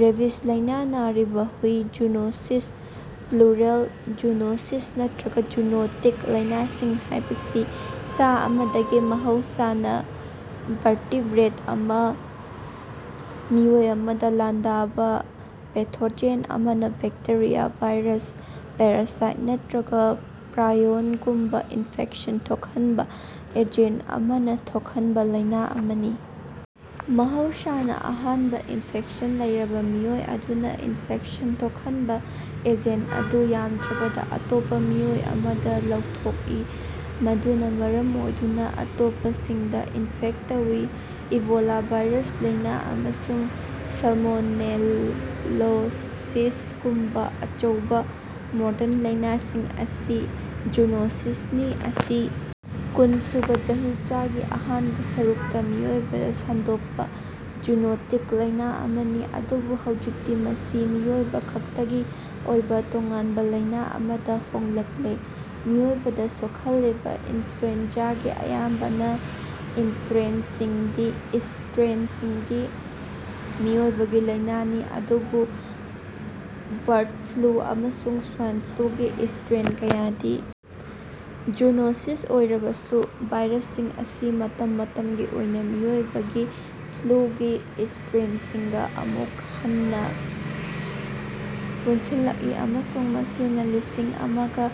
Rabies ꯂꯩꯅꯥ ꯅꯥꯔꯤꯕ ꯍꯨꯢ ꯖꯨꯅꯣꯁꯤꯁ (ꯄ꯭ꯂꯨꯔꯦꯜ ꯖꯨꯅꯣꯁꯤꯁ, ꯅꯠꯇ꯭ꯔꯒ ꯖꯨꯅꯣꯇꯤꯛ ꯂꯩꯅꯥꯁꯤꯡ) ꯍꯥꯏꯕꯁꯤ ꯁꯥ ꯑꯃꯗꯒꯤ (ꯃꯍꯧꯁꯥꯅ ꯚꯦꯔꯇꯦꯕ꯭ꯔꯦꯠ ꯑꯃ) ꯃꯤꯑꯣꯏ ꯑꯃꯗ ꯂꯥꯟꯗꯥꯕ ꯄꯦꯊꯣꯖꯦꯟ ꯑꯃꯅ ꯕꯦꯛꯇꯦꯔꯤꯌꯥ, ꯚꯥꯏꯔꯁ, ꯄꯦꯔꯥꯁꯥꯏꯠ ꯅꯠꯇ꯭ꯔꯒ ꯄ꯭ꯔꯥꯏꯑꯣꯟꯒꯨꯝꯕꯥ ꯏꯟꯐꯦꯛꯁꯟ ꯊꯣꯛꯍꯟꯕ ꯑꯦꯖꯦꯟ ꯑꯃꯅ ꯊꯣꯛꯍꯟꯕ ꯂꯩꯅꯥ ꯑꯃꯅꯤ꯫ ꯃꯍꯧꯁꯥꯅꯥ, ꯑꯍꯥꯟꯕ ꯏꯟꯐꯦꯛꯁꯟ ꯂꯩꯔꯕ ꯃꯤꯑꯣꯏ ꯑꯗꯨꯅ ꯏꯟꯐꯦꯛꯁꯟ ꯊꯣꯛꯍꯟꯕ ꯑꯦꯖꯦꯟ ꯑꯗꯨ ꯌꯥꯝꯗ꯭ꯔꯕꯗ ꯑꯇꯣꯞꯄꯥ ꯃꯤꯑꯣꯏ ꯑꯃꯗ ꯂꯧꯊꯣꯛꯏ, ꯃꯗꯨꯅ ꯥ ꯃꯔꯝ ꯑꯣꯏꯗꯨꯅ ꯑꯇꯣꯞꯄꯁꯤꯡꯗ ꯏꯟꯐꯦꯛ ꯇꯧꯏ꯫ ꯏꯕꯣꯂꯥ ꯚꯥꯏꯔꯁ ꯂꯩꯅꯥ ꯑꯃꯁꯨꯡ ꯁꯥꯜꯃꯣꯅꯦꯂꯣꯁꯤꯁꯒꯨꯝꯕ ꯑꯆꯧꯕꯥ ꯃꯣꯗ꯭ꯔꯟ ꯂꯩꯅꯥꯁꯤꯡ ꯑꯁꯤ ꯖꯨꯅꯣꯁꯤꯁꯅꯤ꯫ ꯑꯁꯤ ꯀꯨꯟꯁꯨꯕꯥ ꯆꯍꯤꯆꯥꯒꯤ ꯑꯍꯥꯟꯕ ꯁꯔꯨꯛꯇꯥ ꯃꯤꯑꯣꯏꯕꯗ ꯁꯟꯗꯣꯛꯄ ꯖꯨꯅꯣꯇꯤꯛ ꯂꯩꯅꯥ ꯑꯃꯅꯤ, ꯑꯗꯨꯕꯨ ꯍꯧꯖꯤꯛꯇꯤ ꯃꯁꯤ ꯃꯤꯑꯣꯏꯕꯈꯛꯇꯒꯤ ꯑꯣꯏꯕ ꯇꯣꯉꯥꯟꯕ ꯂꯩꯅꯥ ꯑꯃꯗ ꯍꯣꯡꯂꯛꯂꯦ꯫ ꯃꯤꯑꯣꯏꯕꯗ ꯁꯣꯛꯍꯜꯂꯤꯕ ꯏꯟꯐ꯭ꯂꯨꯑꯦꯟꯖꯥꯒꯤ ꯑꯌꯥꯝꯕ ꯏꯁꯇ꯭ꯔꯦꯟꯁꯤꯡꯗꯤ ꯃꯤꯑꯣꯏꯕꯒꯤ ꯂꯩꯅꯥꯅꯤ, ꯑꯗꯨꯕꯨ ꯕꯥꯔꯠ ꯐ꯭ꯂꯨ ꯑꯃꯁꯨꯡ ꯁ꯭ꯋꯥꯏꯟ ꯐ꯭ꯂꯨꯒꯤ ꯏꯁꯇ꯭ꯔꯦꯟ ꯀꯌꯥꯗꯤ ꯖꯨꯅꯣꯁꯤꯁ ꯑꯣꯏꯔꯕꯁꯨ ꯚꯥꯏꯔꯁꯁꯤꯡ ꯑꯁꯤ ꯃꯇꯝ ꯃꯇꯝꯒꯤ ꯑꯣꯏꯅ ꯃꯤꯑꯣꯏꯕꯒꯤ ꯐ꯭ꯂꯨꯒꯤ ꯏꯁꯇ꯭ꯔꯦꯟꯁꯤꯡꯒ ꯑꯃꯨꯛ ꯍꯟꯅꯥ ꯄꯨꯟꯁꯤꯜꯂꯛꯏ ꯑꯃꯁꯨꯡ ꯃꯁꯤꯅꯥ ꯂꯤꯁꯤꯡ ꯑꯃꯒꯥ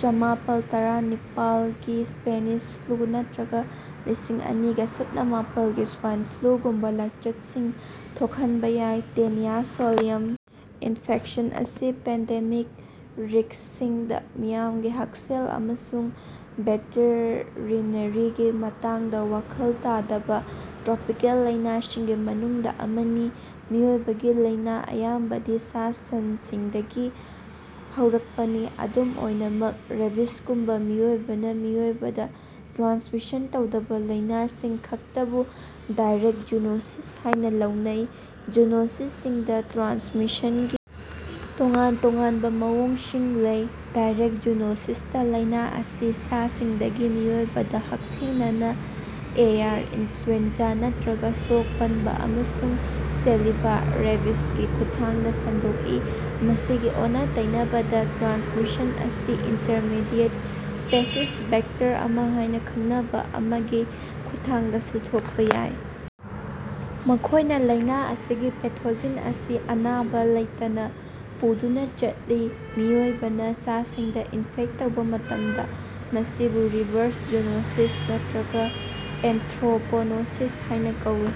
ꯆꯃꯥꯄꯜ ꯇꯔꯥꯅꯤꯄꯥꯜꯒꯤ ꯁ꯭ꯄꯦꯅꯤꯁ ꯐ꯭ꯂꯨ ꯅꯠꯇ꯭ꯔꯒ ꯂꯤꯁꯤꯡ ꯑꯅꯤꯒꯥ ꯁꯨꯞꯅꯥ ꯃꯥꯄꯜꯒꯤ ꯁ꯭ꯋꯥꯏꯟ ꯐ꯭ꯂꯨꯒꯨꯝꯕꯥ ꯂꯥꯏꯆꯠꯁꯤꯡ ꯊꯣꯛꯍꯟꯕ ꯌꯥꯏ꯫ ꯇꯦꯅꯤꯌꯥ ꯁꯣꯂꯤꯌꯝ ꯏꯟꯐꯦꯛꯁꯟ ꯑꯁꯤ ꯄꯦꯟꯗꯦꯃꯤꯛ ꯔꯤꯛꯁꯁꯤꯡꯗꯥ ꯃꯤꯌꯥꯝꯒꯤ ꯍꯛꯁꯦꯜ ꯑꯃꯁꯨꯡ ꯚꯦꯇꯦꯔꯤꯅꯥꯔꯤꯒꯤ ꯃꯇꯥꯡꯗ ꯋꯥꯈꯜ ꯇꯥꯗꯕ ꯇ꯭ꯔꯣꯄꯤꯀꯦꯜ ꯂꯩꯅꯥꯁꯤꯡꯒꯤ ꯃꯅꯨꯡꯗ ꯑꯃꯅꯤ꯫ ꯃꯤꯑꯣꯏꯕꯒꯤ ꯂꯩꯅꯥ ꯑꯌꯥꯝꯕꯗꯤ ꯁꯥ-ꯁꯟꯁꯤꯡꯗꯒꯤ ꯍꯧꯔꯛꯄꯅꯤ, ꯑꯗꯨꯝ ꯑꯣꯏꯅꯃꯛ ꯔꯦꯕꯤꯖꯒꯨꯝꯕꯥ ꯃꯤꯑꯣꯏꯕꯅ ꯃꯤꯑꯣꯏꯕꯗ ꯇ꯭ꯔꯥꯟꯁꯃꯤꯁꯟ ꯇꯧꯗꯕꯥ ꯂꯩꯅꯥꯁꯤꯡꯈꯛꯇꯕꯨ ꯗꯥꯏꯔꯦꯛ ꯖꯨꯅꯣꯁꯤꯁ ꯍꯥꯏꯅ ꯂꯧꯅꯩ꯫ ꯖꯨꯅꯣꯁꯁꯤꯡꯗꯥ ꯇ꯭ꯔꯥꯟꯁꯃꯤꯁꯟꯒꯤ ꯇꯣꯉꯥꯟ-ꯇꯣꯉꯥꯟꯕ ꯃꯑꯣꯡꯁꯤꯡ ꯂꯩ꯫ ꯗꯥꯏꯔꯦꯛ ꯖꯨꯅꯣꯁꯤꯁꯇꯥ ꯂꯩꯅꯥ ꯑꯁꯤ ꯁꯥꯁꯤꯡꯗꯒꯤ ꯃꯤꯑꯣꯏꯕꯗ ꯍꯛꯊꯦꯡꯅꯅꯥ ꯑꯦꯌꯔ (ꯏꯅꯐ꯭ꯂꯨꯑꯦꯟꯖꯥ) ꯅꯠꯇ꯭ꯔꯒ ꯁꯣꯛ-ꯄꯟꯕꯥ ꯑꯃꯁꯨꯡ ꯁꯦꯂꯤꯚꯥ (ꯔꯦꯕꯤꯖ)ꯒꯤ ꯈꯨꯠꯊꯥꯡꯗ ꯁꯟꯗꯣꯛꯏ꯫ ꯃꯁꯤꯒꯤ ꯑꯣꯟꯅ-ꯇꯩꯅꯕꯗꯥ, ꯇ꯭ꯔꯥꯟꯁꯃꯤꯁꯟ ꯑꯁꯤ ꯏꯟꯇꯔꯃꯤꯗꯤꯑꯦꯠ ꯁ꯭ꯄꯦꯁꯤꯁ (ꯚꯦꯛꯇꯔ ꯑꯃ ꯍꯥꯏꯅ ꯈꯪꯅꯕ) ꯑꯃꯒꯤ ꯈꯨꯠꯊꯥꯡꯗꯁꯨ ꯊꯣꯛꯄ ꯌꯥꯏ, ꯃꯈꯣꯏꯅ ꯂꯩꯅꯥ ꯑꯁꯤꯒꯤ ꯄꯦꯊꯣꯖꯦꯟ ꯑꯁꯤ ꯑꯅꯥꯕ ꯂꯩꯇꯅꯥ ꯄꯨꯗꯨꯅꯥ ꯆꯠꯂꯤ꯫ ꯃꯤꯑꯣꯏꯕꯅ ꯁꯥꯁꯤꯡꯗ ꯏꯟꯐꯦꯛ ꯇꯧꯕ ꯃꯇꯝꯗ, ꯃꯁꯤꯕꯨ ꯔꯤꯚꯔꯁ ꯖꯨꯅꯣꯁꯤꯁ ꯅꯠꯇ꯭ꯔꯒ ꯑꯦꯟꯊ꯭ꯔꯣꯄꯣꯅꯣꯁꯤꯁ ꯍꯥꯏꯅ ꯀꯧꯏ꯫